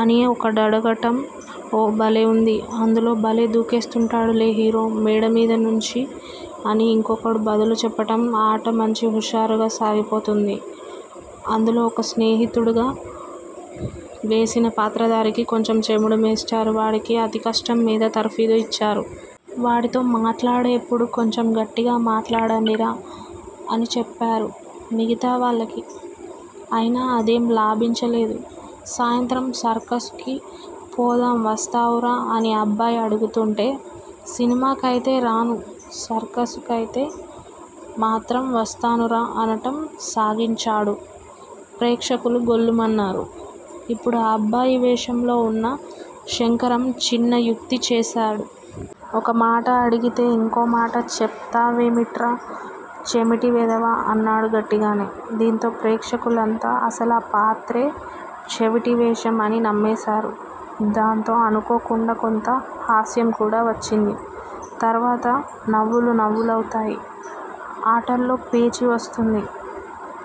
అని ఒకడడగటం ఓ బలేవుంది. అందులో బలే దూకేస్తుంటాడులే హీరో, మేడ మీద నుంచి అని యింకొకడు బదులు చెప్పటం ఆట మంచి హుషారుగా సాగిపోతుంది. అందులో ఒక స్నేహితుడుగా వేసిన పాత్రదారికి కొంచెం చెముడు మేస్టారు వాడికి అతి కష్టం మీద తర్ఫీదు ఇచ్చారు. వాడితో మాట్లాడేప్పుడు కొంచెం గట్టిగా మాట్లాడండిరా అని చెప్పారు మిగతావాళ్ళకి. అయినా అదేం లాభించలేదు. సాయంత్రం సర్కసుకి పోదాం వస్తావురా అని అబ్బాయి అడుగుతుంటే, సినిమాకయితే రాను. సర్కసుకైతే మాత్రం వస్తానురా అనటం సాగించాడు. ప్రేక్షకులు గొల్లుమన్నారు. ఇప్పుడు అబ్బాయి వేషంలో వున్న శంకరం చిన్న యుక్తి చేశాడు. ఒక మాట అడిగితే యింకో మాట చెప్తావేమిట్రా చెమిటి వెధవా? అన్నాడు గట్టిగానే. దాంతో ప్రేక్షకులంతా అసలాపాత్రే చెవిటి వేషం అని నమ్మేశారు. దాంతో అనుకోకుండా కొంత హాస్యం కూడా వచ్చింది. తరవాత నవ్వులు నవ్వులవుతాయి. ఆటల్లో పేచీ వస్తుంది.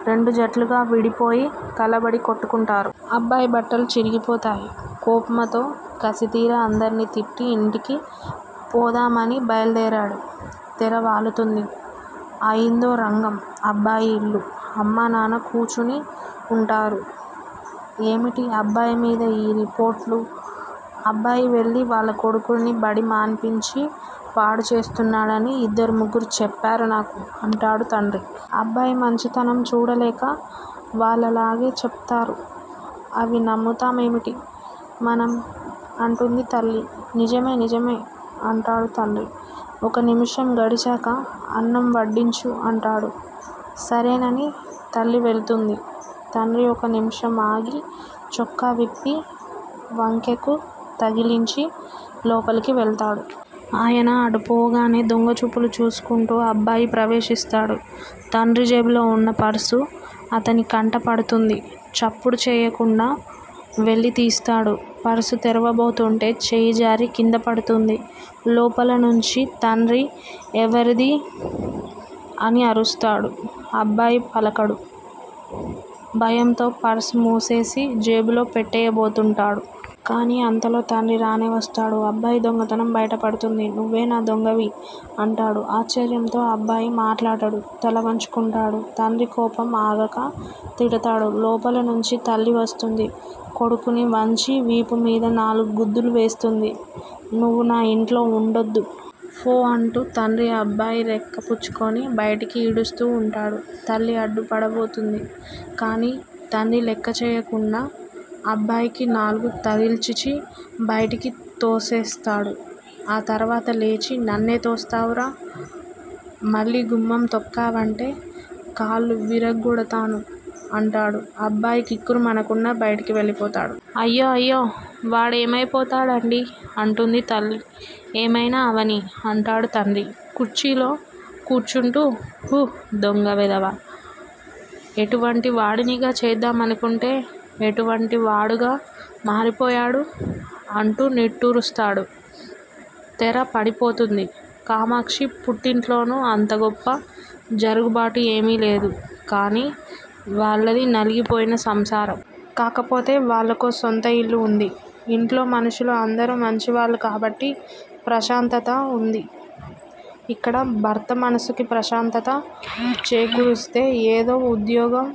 రెండు జట్లుగా విడిపోయి కలబడి కొట్టుకుంటారు. అబ్బాయి బట్టలు చిరిగిపోతాయి. కోప్మతో కసితీరా అందర్నీ తిట్టి ఇంటికి పోదామని బయల్దేరాడు. తెర వాలుతుంది. అయిదో రంగం: అబ్బాయి ఇల్లు. అమ్మా, నాన్న కూచుని వుంటారు. ఏమిటి అబ్బాయిమీద యీ రిపోర్టులు? అబ్బాయి వెళ్ళి వాళ్ళ కొడుకుల్ని బడి మానిపించి పాడు చేస్తున్నాడని యిద్దరు ముగ్గురు చెప్పారు నాకు అంటాడు తండ్రి. అబ్బాయి మంచితనం చూడలేక వాళ్ళలాగే చెప్తారు. అవి నమ్ముతామేమిటి మనం? అంటుంది తల్లి. నిజమే, నిజమే అంటాడు తండ్రి. ఒక నిముషం గడిచాక అన్నం వడ్డించు అంటాడు. సరేనని తల్లి వెళుతుంది. తండ్రి ఒక నిముషం ఆగి చొక్కా విప్పి వంకెకు తగిలించి లోపలికి వెళ్తాడు. ఆయన అటు పోగానే దొంగ చూపులు చూసుకుంటూ అబ్బాయి ప్రవేశిస్తాడు. తండ్రి జేబులో వున్న పర్సు అతని కంట పడుతుంది. చప్పుడు చెయ్యకుండా వెళ్ళి తీస్తాడు. పర్సు తెరవబోతుంటే చెయ్యిజారి క్రిందపడుతుంది లోపల నుంచి తండ్రి ఎవరిదీ? అని అరుస్తాడు. అబ్బాయి పలకడు. భయంతో పర్సు మూసేసి జేబులో పెట్టెయ్యబోతూంటాడు. కాని అంతలో తండ్రి రానే వస్తాడు. అబ్బాయి దొంగతనం బయట పడుతుంది. నువ్వేనా దొంగవీ? అంటాడు ఆశ్చర్యంతో అబ్బాయి మాట్లాడడు. తలవంచుకుంటాడు. తండ్రి కోపం ఆగక తిడతాడు. లోపల నుంచి తల్లి వస్తుంది. కొడుకుని వంచి వీపు మీద నాలుగు గుద్దులు వేస్తుంది. నువ్వు నా యింట్లో వుండొద్దు. ఫో అంటూ తండ్రి అబ్బాయి రెక్కపుచ్చుకుని బయటికి యీడుస్తూ వుంటాడు. తల్లి అడ్డు పడబోతుంది. కాని తండ్రి లెక్క చెయ్యకుండా అబ్బాయికి నాలుగు తగల్చిచ్చి బయటికి తోసేస్తాడు. ఆ తర్వాత లేచి నన్నే తోస్తావురా, మళ్ళీ గుమ్మం తొక్కావంటే కాళ్ళు విరగ్గొడతాను అంటాడు. అబ్బాయి కిక్కురుమనకుండా బయటికి వెళ్ళిపోతాడు. అయ్యో, అయ్యో వాడేమయిపోతాడండీ! అంటుంది తల్లి ఏమైనా అవనీ అంటాడు తండ్రి కుర్చీలో కూచుంటూ. హు దొంగ వెధవ! ఎటువంటి వాడినిగా చేద్దామనుకుంటే ఎటువంటి వాడుగా మారిపోయాడు! అంటూ నిట్టూరుస్తాడు. తెర పడిపోతుంది. కామాక్షి పుట్టింట్లోనూ అంతగొప్ప జరుగుబాటు ఏమీ లేదు కానీ వాళ్ళది నలిగిపోయిన సంసారం. కాకపోతే, వాళ్లకో సొంత ఇల్లు వుంది. ఇంట్లో మనుషులు అందరూ మంచివాళ్లు కాబట్టి ప్రశాంతత వుంది. ఇక్కడ, భర్త మనస్సుకి ప్రశాంతత చేకూరితే, ఏదో వుద్యోగం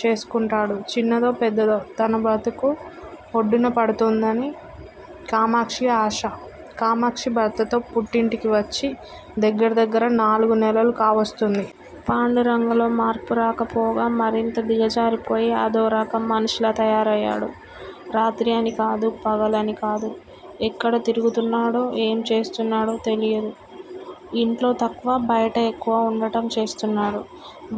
చేసుకుంటాడు. చిన్నదో పెద్దదో తన బ్రతుకు ఒడ్డున పడుతుందని, కామాక్షి ఆశ. కామాక్షి భర్తతో పుట్టింటికి వచ్చి, దగ్గర దగ్గర నాలుగు నెలలు కావస్తోంది! పాండురంగలో మార్పురాక పోగా, మరింత దిగజారిపోయి అదొక రకం మనిషిలా తయారయ్యాడు. రాత్రి అని కాదు పగలు అని కాదు ఎక్కడ తిరుగుతున్నాడో, ఏం చేస్తున్నాడో తెలియదు. ఇంట్లో తక్కువ, బయట ఎక్కువ వుండడం చేస్తున్నాడు.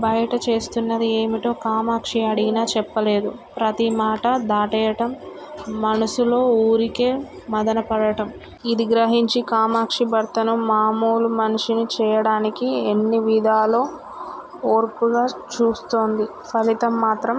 బయట చేస్తున్నది ఏమిటో కామాక్షి అడిగిన చెప్పలేదు. ప్రతి మాటా దాటేయడం, మనస్సులో వూరికే మధన పడటం. ఇది గ్రహించి, కామాక్షి భర్తను మామూలు మనిషిని చెయ్యడానికి ఎన్ని విధాలో ఓర్పుగా చూస్తోంది. ఫలితం మాత్రం